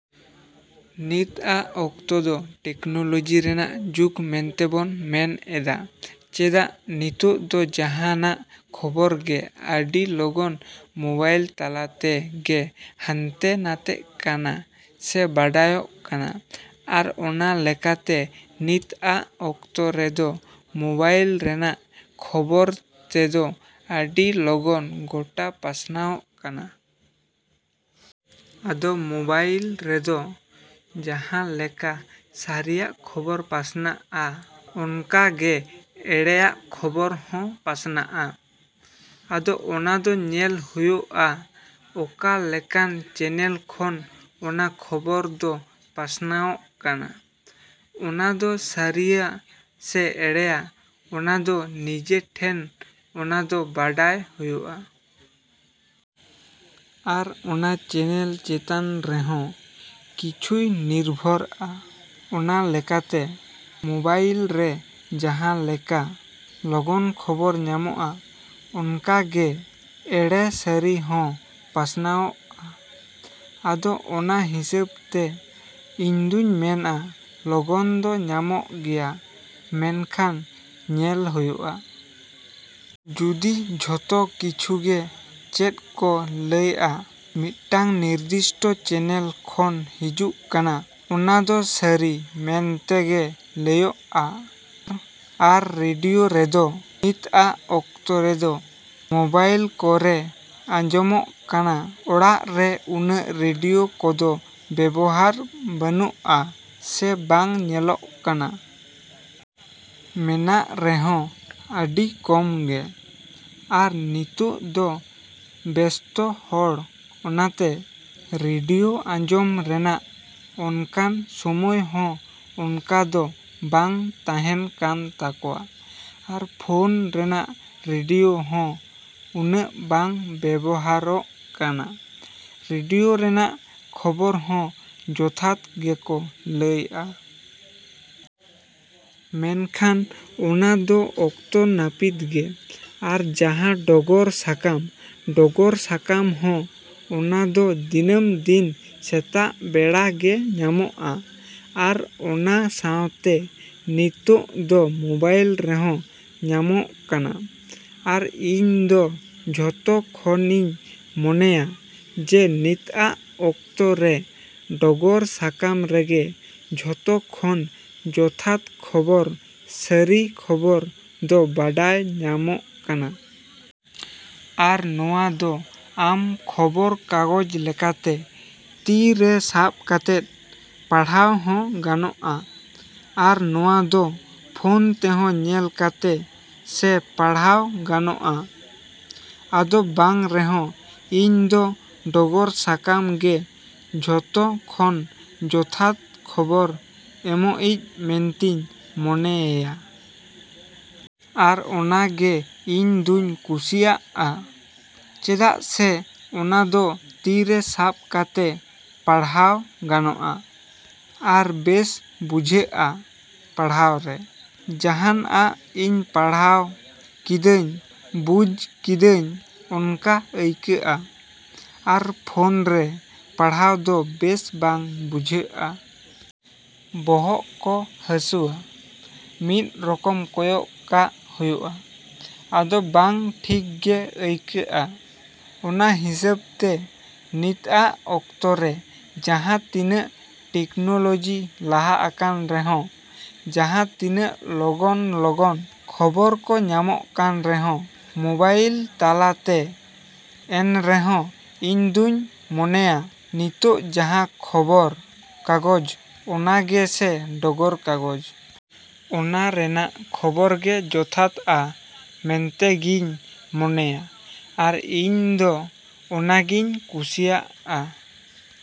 ᱱᱤᱛᱟᱜ ᱚᱠᱛᱚ ᱫᱚ ᱴᱮᱠᱱᱳᱞᱳᱡᱤ ᱨᱮᱱᱟᱜ ᱡᱩᱜᱽ ᱢᱮᱱᱛᱮᱵᱚᱱ ᱢᱮᱱᱮᱫᱼᱟ᱾ ᱪᱮᱫᱟᱜ ᱱᱤᱛᱚᱜ ᱫᱚ ᱡᱟᱦᱟᱸᱱᱟᱜ ᱠᱷᱚᱵᱚᱨ ᱜᱮ ᱟᱹᱰᱤ ᱞᱚᱜᱚᱱ ᱢᱳᱵᱟᱭᱤᱞ ᱛᱟᱞᱟᱛᱮ ᱜᱮ ᱦᱟᱱᱛᱮ ᱱᱟᱛᱮᱜ ᱠᱟᱱᱟ ᱥᱮ ᱵᱟᱰᱟᱭᱚᱜ ᱠᱟᱱᱟ᱾ ᱟᱨ ᱚᱱᱟ ᱞᱮᱠᱟᱛᱮ ᱱᱤᱛᱟᱜ ᱚᱠᱛᱚ ᱨᱮᱫᱚ ᱢᱳᱵᱟᱭᱤᱞ ᱨᱮᱱᱟᱜ ᱠᱷᱚᱵᱚᱨ ᱛᱮᱫᱚ ᱟᱹᱰᱤ ᱞᱚᱜᱚᱱ ᱜᱚᱴᱟ ᱯᱟᱥᱱᱟᱣᱚᱜ ᱠᱟᱱᱟ᱾ ᱟᱫᱚ ᱢᱳᱵᱟᱭᱤᱞ ᱨᱮᱫᱚ, ᱡᱟᱦᱟᱸᱞᱮᱠᱟ ᱥᱟᱹᱨᱤᱭᱟᱜ ᱠᱷᱚᱵᱚᱨ ᱯᱟᱥᱱᱟᱜᱼᱟ, ᱚᱱᱠᱟᱜᱮ ᱮᱲᱮᱭᱟᱜ ᱠᱷᱚᱵᱚᱨ ᱦᱚᱸ ᱯᱟᱥᱱᱟᱜᱼᱟ᱾ ᱟᱫᱚ ᱚᱱᱟ ᱫᱚ ᱧᱮᱞ ᱦᱳᱭᱳᱜᱼᱟ, ᱚᱠᱟ ᱞᱮᱠᱟᱱ ᱪᱮᱱᱮᱞ ᱠᱷᱚᱱ ᱚᱱᱟ ᱠᱷᱚᱵᱚᱨ ᱫᱚ ᱯᱟᱥᱱᱟᱣᱚᱜ ᱠᱟᱱᱟ᱾ ᱚᱱᱟᱫᱚ ᱥᱟᱹᱨᱤᱭᱟ ᱥᱮ ᱮᱲᱮᱭᱟ, ᱚᱱᱟᱫᱚ ᱱᱤᱡᱮ ᱴᱷᱮᱱ ᱚᱱᱟᱫᱚ ᱵᱟᱰᱟᱭ ᱦᱳᱭᱳᱜᱼᱟ᱾ ᱟᱨ ᱚᱱᱟ ᱪᱮᱱᱮᱞ ᱪᱮᱛᱟᱱ ᱨᱮᱦᱚᱸ ᱠᱤᱪᱷᱩᱭ ᱱᱤᱨᱵᱷᱚᱨᱟ᱾ ᱚᱱᱟ ᱞᱮᱠᱟᱛᱮ ᱢᱳᱵᱟᱭᱤᱞ ᱨᱮ ᱡᱟᱦᱟᱸᱞᱮᱠᱟ ᱞᱚᱜᱚᱱ ᱠᱷᱚᱵᱚᱨ ᱧᱟᱢᱚᱜᱼᱟ, ᱚᱱᱠᱟ ᱜᱮ ᱮᱲᱮ ᱥᱟᱹᱨᱤ ᱦᱚᱸ ᱯᱟᱥᱱᱟᱣᱚᱜᱼᱟ᱾ ᱟᱫᱚ ᱚᱱᱟ ᱦᱤᱥᱟᱹᱵ ᱛᱮ ᱤᱧᱫᱩᱧ ᱢᱮᱱᱟ ᱞᱚᱜᱚᱱ ᱫᱚ ᱧᱟᱢᱚᱜ ᱜᱮᱭᱟ ᱢᱮᱱᱠᱷᱟᱱ ᱧᱮᱞ ᱦᱳᱭᱳᱜᱼᱟ᱾ ᱡᱩᱫᱤ ᱡᱷᱚᱛᱚ ᱠᱤᱪᱷᱩᱜᱮ ᱪᱮᱫ ᱠᱚ ᱞᱟᱹᱭᱟ ᱢᱤᱫᱴᱟᱝ ᱱᱤᱨᱫᱤᱥᱴᱚ ᱪᱮᱱᱮᱞ ᱠᱷᱚᱱ ᱦᱤᱡᱩᱜ ᱠᱟᱱᱟ, ᱚᱱᱟ ᱫᱚ ᱥᱟᱹᱨᱤ ᱢᱮᱱ ᱛᱮᱜᱮ ᱞᱟᱹᱭᱚᱜᱼᱟ᱾ ᱟᱨ ᱨᱮᱰᱤᱭᱳ ᱨᱮᱫᱚ ᱱᱤᱛᱟᱜ ᱚᱠᱛᱚ ᱨᱮᱫᱚ ᱢᱳᱵᱟᱭᱤᱞ ᱠᱚᱨᱮ ᱟᱸᱡᱚᱢᱚᱜ ᱠᱟᱱᱟ᱾ ᱚᱲᱟᱜ ᱨᱮ ᱩᱱᱟᱹᱜ ᱨᱮᱰᱤᱭᱳ ᱠᱚᱫᱚ ᱵᱮᱵᱚᱦᱟᱨ ᱵᱟᱹᱱᱩᱜᱼᱟ, ᱥᱮ ᱵᱟᱝ ᱧᱮᱞᱚᱜ ᱠᱟᱱᱟ᱾ ᱢᱮᱱᱟᱜ ᱨᱮᱦᱚᱸ ᱟᱹᱰᱤ ᱠᱚᱢ ᱜᱮ᱾ ᱟᱨ ᱱᱤᱛᱳᱜ ᱫᱚ ᱵᱮᱥᱛᱚ ᱦᱚᱲ ᱚᱱᱟᱛᱮ ᱨᱮᱰᱤᱭᱳ ᱟᱸᱡᱚᱢ ᱨᱮᱱᱟᱜ ᱚᱱᱠᱟᱱ ᱥᱚᱢᱚᱭ ᱦᱚᱸ ᱚᱱᱠᱟ ᱫᱚ ᱵᱟᱝ ᱛᱟᱦᱮᱸᱱ ᱠᱟᱱ ᱛᱟᱠᱚᱣᱟ᱾ ᱟᱨ ᱯᱷᱳᱱ ᱨᱮᱱᱟᱜ ᱨᱮᱰᱤᱭᱳ ᱦᱚᱸ ᱩᱱᱟᱹᱜ ᱵᱟᱝ ᱵᱮᱵᱚᱦᱟᱨᱚᱜ ᱠᱟᱱᱟ᱾ ᱨᱮᱰᱤᱭᱳ ᱨᱮᱱᱟᱜ ᱠᱷᱚᱵᱚᱨ ᱦᱚᱸ ᱡᱚᱛᱷᱟᱛ ᱜᱮᱠᱚ ᱞᱟᱹᱭᱟ᱾ ᱢᱮᱱᱠᱷᱟᱱ ᱚᱱᱟ ᱫᱚ ᱚᱠᱛᱚ ᱱᱟᱹᱯᱤᱛ ᱜᱮ᱾ ᱟᱨ ᱡᱟᱦᱟᱸ ᱰᱚᱜᱚᱨ ᱥᱟᱠᱟᱢ, ᱰᱚᱜᱚᱨ ᱥᱟᱠᱟᱢ ᱦᱚᱸ ᱚᱱᱟᱫᱚ ᱫᱤᱱᱟᱹᱢ ᱫᱤᱱ ᱥᱮᱛᱟᱜ ᱵᱮᱲᱟ ᱜᱮ ᱧᱟᱢᱚᱜᱼᱟ᱾ ᱟᱨ ᱚᱱᱟ ᱥᱟᱶᱛᱮ ᱱᱤᱛᱳᱜ ᱫᱚ ᱢᱳᱵᱟᱭᱤᱞ ᱨᱮᱦᱚᱸ ᱧᱟᱢᱚᱜ ᱠᱟᱱᱟ᱾ ᱟᱨ ᱤᱧ ᱫᱚ ᱡᱷᱚᱛᱚ ᱠᱷᱚᱱᱤᱧ ᱢᱚᱱᱮᱭᱟ ᱡᱮ ᱱᱤᱛᱟᱜ ᱚᱠᱛᱚ ᱨᱮ ᱰᱚᱜᱚᱨ ᱥᱟᱠᱟᱢ ᱨᱮᱜᱮ ᱡᱷᱚᱛᱚ ᱠᱷᱚᱱ ᱡᱚᱛᱷᱟᱛ ᱠᱷᱚᱵᱚᱨ ᱥᱟᱹᱨᱤ ᱠᱷᱚᱵᱚᱨ ᱫᱚ ᱵᱟᱰᱟᱭ ᱧᱟᱢᱚᱜ ᱠᱟᱱᱟ᱾ ᱟᱨ ᱱᱚᱣᱟ ᱫᱚ ᱟᱢ ᱠᱷᱚᱵᱚᱨ ᱠᱟᱜᱚᱡ ᱞᱮᱠᱟᱛᱮ ᱛᱤ ᱨᱮ ᱥᱟᱵ ᱠᱟᱛᱮᱫ ᱯᱟᱲᱦᱟᱣ ᱦᱚᱸ ᱜᱟᱱᱚᱜᱼᱟ᱾ ᱟᱨ ᱱᱚᱣᱟ ᱫᱚ ᱯᱷᱳᱱ ᱛᱮᱦᱚᱸ ᱧᱮᱞ ᱠᱟᱛᱮ ᱥᱮ ᱯᱟᱲᱦᱟᱣ ᱜᱟᱱᱚᱜᱼᱟ᱾ ᱟᱫᱚ ᱵᱟᱝ ᱨᱮᱦᱚᱸ ᱤᱧ ᱫᱚ ᱰᱚᱜᱚᱨ ᱥᱟᱠᱟᱢ ᱜᱮ ᱡᱷᱚᱛᱚ ᱠᱷᱚᱱ ᱡᱚᱛᱷᱟᱛ ᱠᱷᱚᱵᱚᱨ ᱮᱢᱚᱜᱤᱡ ᱢᱮᱱᱛᱤᱧ ᱢᱚᱱᱮᱭᱮᱭᱟ᱾ ᱟᱨ ᱚᱱᱟ ᱜᱮ ᱤᱧ ᱫᱩᱧ ᱠᱩᱥᱤᱭᱟᱜᱼᱟ᱾ ᱪᱮᱫᱟᱜ ᱥᱮ ᱚᱱᱟ ᱫᱚ ᱛᱤ ᱨᱮ ᱥᱟᱵ ᱠᱟᱛᱮ ᱯᱟᱲᱦᱟᱣ ᱜᱟᱱᱚᱜᱼᱟ᱾ ᱟᱨ ᱵᱮᱥ ᱵᱩᱡᱷᱟᱹᱜᱼᱟ ᱯᱟᱲᱦᱟᱣ ᱨᱮ᱾ ᱡᱟᱦᱟᱸᱱᱟᱜ ᱤᱧ ᱯᱟᱲᱦᱟᱣ ᱠᱤᱫᱟᱹᱧ, ᱵᱩᱡ ᱠᱤᱫᱟᱹᱧ ᱚᱱᱠᱟ ᱟᱹᱭᱠᱟᱹᱜᱼᱟ᱾ ᱟᱨ ᱯᱷᱳᱱ ᱨᱮ ᱯᱟᱲᱦᱟᱣ ᱫᱚ ᱵᱮᱥ ᱵᱟᱝ ᱵᱩᱡᱷᱟᱹᱜᱼᱟ᱾ ᱵᱚᱦᱚᱜ ᱠᱚ ᱦᱟᱹᱥᱩᱣᱟ, ᱢᱤᱫ ᱨᱚᱠᱚᱢ ᱠᱚᱭᱚᱜ ᱠᱟᱜ ᱦᱳᱭᱳᱜᱼᱟ᱾ ᱟᱫᱚ ᱵᱟᱝ ᱴᱷᱤᱠ ᱜᱮ ᱟᱹᱭ ᱠᱟᱹᱜᱼᱟ᱾ ᱚᱱᱟ ᱦᱤᱸᱥᱟᱹᱵ ᱛᱮ ᱱᱤᱛᱟᱜ ᱚᱠᱛᱚ ᱨᱮ ᱡᱟᱦᱟᱸ ᱛᱤᱱᱟᱹᱜ ᱴᱮᱠᱱᱳᱞᱳᱡᱤ ᱞᱟᱦᱟ ᱟᱠᱟᱱ ᱨᱮᱦᱚᱸ ᱡᱟᱦᱟᱸᱛᱤᱱᱟᱹᱜ ᱞᱚᱜᱚᱱ-ᱞᱚᱜᱚᱱ ᱠᱷᱚᱵᱚᱨ ᱠᱚ ᱧᱟᱢᱚᱜ ᱠᱟᱱ ᱨᱮᱦᱚᱸ ᱢᱳᱵᱟᱭᱤᱞ ᱛᱟᱞᱟᱛᱮ ᱮᱱᱨᱮᱦᱚᱸ ᱤᱧᱫᱩᱧ ᱢᱚᱱᱮᱭᱟ, ᱱᱤᱛᱳᱜ ᱡᱟᱦᱟᱸ ᱠᱷᱚᱵᱚᱨ ᱠᱟᱜᱚᱡ, ᱚᱱᱟᱜᱮᱥᱮ ᱰᱚᱜᱚᱨ ᱠᱟᱜᱚᱡ᱾ ᱚᱱᱟ ᱨᱮᱱᱟᱜ ᱠᱷᱚᱵᱚᱨ ᱜᱮ ᱡᱚᱛᱷᱟᱛᱟ ᱢᱮᱱᱛᱮᱜᱤᱧ ᱢᱚᱱᱮᱭᱟ ᱟᱨ ᱤᱧ ᱫᱚ ᱚᱱᱟᱜᱤᱧ ᱠᱩᱥᱤᱭᱟᱜᱼᱟ।